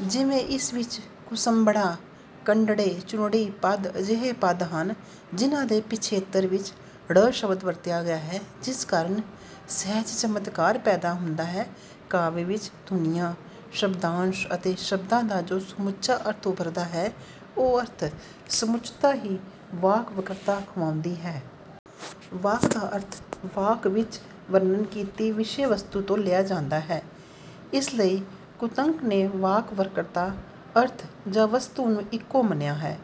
ਜਿਵੇਂ ਇਸ ਵਿੱਚ ਕਸੁੰਭੜਾ, ਕੰਡੜੇ, ਚੁੰਨੜੀ ਪਦ ਅਜਿਹੇ ਪਦ ਹਨ ਜਿਹਨਾਂ ਦੇ ਪਿਛੇਤਰ ਵਿੱਚ 'ੜ' ਸ਼ਬਦ ਵਰਤਿਆ ਗਿਆ ਹੈ ਜਿਸ ਕਾਰਨ ਸੁਹਜ-ਚਮਤਕਾਰ ਪੈਦਾ ਹੁੰਦਾ ਹੈ। ਕਾਵਿ ਵਿੱਚ ਧੁਨੀਆਂ, ਸ਼ਬਦਾਂਸ਼ ਅਤੇ ਸ਼ਬਦਾਂ ਦਾ ਜੋ ਸਮੁੱਚਾ ਅਰਥ ਉਭਰਦਾ ਹੈ ਉਹ ਅਰਥ-ਸਮੁੱਚਤਾ ਹੀ 'ਵਾਕ ਵਕ੍ਰਤਾ' ਅਖਵਾਉਂਦੀ ਹੈ। ਵਾਕ ਦਾ ਅਰਥ ਵਾਕ ਵਿੱਚ ਵਰਣਨ ਕੀਤੀ ਵਿਸ਼ੇ-ਵਸਤੂ ਤੋਂ ਲਿਆ ਜਾਂਦਾ ਹੈ। ਇਸ ਲਈ ਕੁੰਤਕ ਨੇ ਵਾਕ ਵਕ੍ਰਤਾ, ਅਰਥ ਜਾਂ ਵਸਤੂ ਨੂੰ ਇੱਕੋ ਮੰਨਿਆ ਹੈ।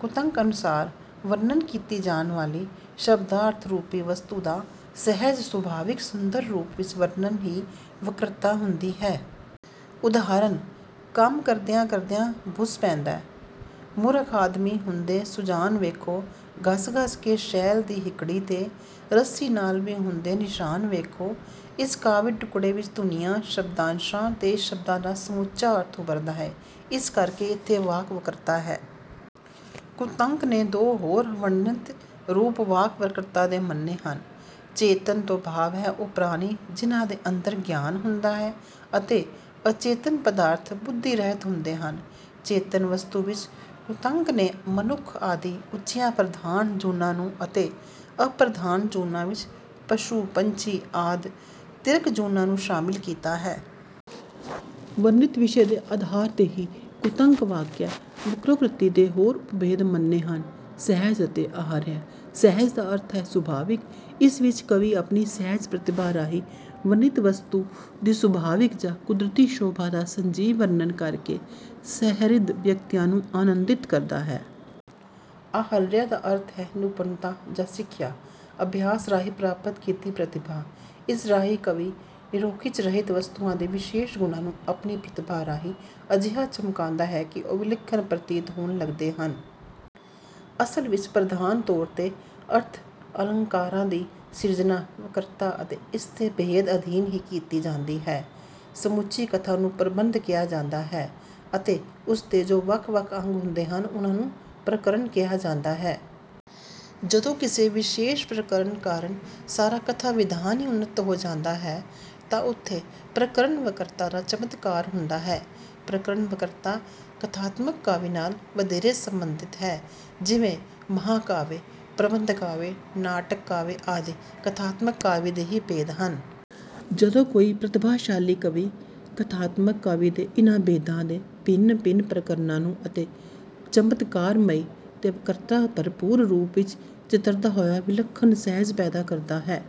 ਕੁੰਤਕ ਅਨੁਸਾਰ "ਵਰਣਨ ਕੀਤੀ ਜਾਣ ਵਾਲੀ ਸ਼ਬਦਾਰਥ ਰੂਪੀ ਵਸਤੂ ਦਾ ਸਹਿਜ ਸੁਭਾਵਿਕ ਸੁੰਦਰ ਰੂਪ ਵਿੱਚ ਵਰਣਨ ਹੀ ਵਕ੍ਰਤਾ ਹੁੰਦੀ ਹੈ"। ਉਦਾਹਰਣ "ਕੰਮ ਕਰਦਿਆਂ-ਕਰਦਿਆਂ ਭੁਸ ਪੈਂਦਾ, ਮੂਰਖ ਆਦਮੀ ਹੁੰਦੇ ਸੁਜਾਨ ਵੇਖੋ। ਘੱਸ-ਘੱਸ ਕੇ ਸ਼ੈਲ ਦੀ ਹਿੱਕੜੀ ਤੇ, ਰੱਸੀ ਨਾਲ ਵੀ ਹੁੰਦੇ ਨਿਸ਼ਾਨ ਵੇਖੋ"। ਇਸ ਕਾਵਿ ਟੁੱਕੜੇ ਵਿੱਚ ਧੁਨੀਆਂ, ਸ਼ਬਦਾਂਸ਼ਾਂ ਤੇ ਸ਼ਬਦਾਂ ਦਾ ਸਮੁੱਚਾ ਅਰਥ ਉਭਰਦਾ ਹੈ ਇਸ ਕਰਕੇ ਇੱਥੇ ਵਾਕ ਵਕ੍ਰਤਾ ਹੈ। ਕੁੰਤਕ ਨੇ ਦੋ ਹੋਰ ਵਰਣਿਤ ਰੂਪ ਵਾਕ ਵਕ੍ਰਤਾ ਦੇ ਮੰਨੇ ਹਨ। ਚੇਤਨ ਤੋਂ ਭਾਵ ਹੈ ਉਹ ਪ੍ਰਾਣੀ ਜਿਨ੍ਹਾਂ ਦੇ ਅੰਦਰ ਗਿਆਨ ਹੁੰਦਾ ਹੈ ਅਤੇ ਅਚੇਤਨ ਪਦਾਰਥ ਬੁੱਧੀ ਰਹਿਤ ਹੁੰਦੇ ਹਨ। ਚੇਤਨ ਵਸਤੂ ਵਿੱਚ ਕੁੰਤਕ ਨੇ ਮਨੁੱਖ ਆਦਿ ਉੱਚੀਆਂ ਪ੍ਰਧਾਨ ਜੂਨਾਂ ਨੂੰ ਅਤੇ ਅਪ੍ਰਧਾਨ ਜੂਨਾਂ ਵਿੱਚ ਪਸ਼ੂ ਪੰਛੀ ਆਦਿ ਤਿਰਕ ਜੂਨਾਂ ਨੂੰ ਸ਼ਾਮਲ ਕੀਤਾ ਹੈ। ਵਰਣਿਤ ਵਿਸ਼ੇ ਦੇ ਆਧਾਰ ਤੇ ਹੀ ਕੁੰਤਕ ਨੇ ਵਾਕਯ ਵਕ੍ਰੋਕਤੀ ਦੇ ਦੋ ਹੋਰ ਉਪਭੇਦ ਮੰਨੇ ਹਨ ਸਹਿਜ ਅਤੇ ਆਹਰਯ। 'ਸਹਿਜ' ਦਾ ਅਰਥ ਹੈ ਸੁਭਾਵਿਕ। ਇਸ ਵਿੱਚ ਕਵੀ ਆਪਣੀ ਸਹਿਜ ਪ੍ਰਤਿਭਾ ਰਾਹੀਂ ਵਰਣਿਤ ਵਸਤੂ ਦੀ ਸੁਭਾਵਿਕ ਜਾਂ ਕੁਦਰਤੀ ਸ਼ੋਭਾ ਦਾ ਸੰਜੀਵ ਵਰਣਨ ਕਰਕੇ ਸਹਿਰਦ ਵਿਅਕਤੀਆਂ ਨੂੰ ਆਨੰਦਿਤ ਕਰਦਾ ਹੈ। 'ਆਹਰਯ' ਦਾ ਅਰਥ ਹੈ 'ਨਿਪੁਣਤਾ' ਜਾਂ 'ਸਿੱਖਿਆ' ਅਭਿਆਸ ਰਾਹੀਂ ਪ੍ਰਾਪਤ ਕੀਤੀ ਪ੍ਰਤਿਭਾ। ਇਸ ਰਾਹੀਂ ਕਵੀ ਨਿਰੋਖਿੱਚ ਰਹਿਤ ਵਸਤੂਆਂ ਦੇ ਵਿਸ਼ੇਸ਼ ਗੁਣਾਂ ਨੂੰ ਆਪਣੀ ਪ੍ਰਤਿਭਾ ਰਾਹੀਂ ਅਜਿਹਾ ਚਮਕਾਉਂਦਾ ਹੈ ਕਿ ਉਹ ਵਿਲੱਖਣ ਪ੍ਰਤੀਤ ਹੋਣ ਲੱਗਦੇ ਹਨ। ਅਸਲ ਵਿੱਚ ਪ੍ਰਧਾਨ ਤੌਰ 'ਤੇ ਅਰਥ ਅਲੰਕਾਰਾਂ ਦੀ ਸਿਰਜਣਾ ਵਕ੍ਰਤਾ ਦੇ ਇਸੇ ਭੇਦ ਅਧੀਨ ਹੀ ਕੀਤੀ ਜਾਂਦੀ ਹੈ। ਸਮੁੱਚੀ ਕਥਾ ਨੂੰ ਪ੍ਰਬੰਧ ਕਿਹਾ ਜਾਂਦਾ ਹੈ ਅਤੇ ਉਸਦੇ ਜੋ ਵੱਖ-ਵੱਖ ਅੰਗ ਹੁੰਦੇ ਹਨ ਉਹਨਾਂ ਨੂੰ 'ਪ੍ਰਕਰਣ' ਕਿਹਾ ਜਾਂਦਾ ਹੈ। ਜਦੋਂ ਕਿਸੇ ਵਿਸ਼ੇਸ਼ ਪ੍ਰਕਰਣ ਕਾਰਨ ਸਾਰਾ ਕਥਾ ਵਿਧਾਨ ਹੀ ਉੱਨਤ ਹੋ ਜਾਂਦਾ ਹੈ ਤਾਂ ਉੱਥੇ ਪ੍ਰਕਰਣ ਵਕ੍ਰਤਾ ਦਾ ਚਮਤਕਾਰ ਹੁੰਦਾ ਹੈ। ਪ੍ਰਕਰਣ ਵਕ੍ਰਤਾ 'ਕਥਾਤਮਕ ਕਾਵਿ' ਨਾਲ ਵਧੇਰੇ ਸੰਬੰਧਿਤ ਹੈ। ਜਿਵੇਂ ਮਹਾਕਾਵਿ, ਪ੍ਰਬੰਧ ਕਾਵਿ, ਨਾਟਕ ਕਾਵਿ ਆਦਿ ਕਥਾਤਮਕ ਕਾਵਿ ਦੇ ਹੀ ਭੇਦ ਹਨ। ਜਦੋਂ ਕੋਈ ਪ੍ਰਤਿਭਾਸ਼ਾਲੀ ਕਵੀ ਕਥਾਤਮਕ ਕਾਵਿ ਦੇ ਇਹਨਾਂ ਭੇਦਾਂ ਦੇ ਭਿੰਨ-ਭਿੰਨ ਪ੍ਰਕਰਣਾਂ ਨੂੰ ਅਤਿ ਚਮਤਕਾਰਮਈ ਤੇ ਵਕ੍ਰਤਾ ਭਰਪੂਰ ਰੂਪ ਵਿੱਚ ਚਿਤਰਦਾ ਹੋਇਆ ਵਿਲੱਖਣ ਸੁਹਜ ਪੈਦਾ ਕਰਦਾ ਹੈ।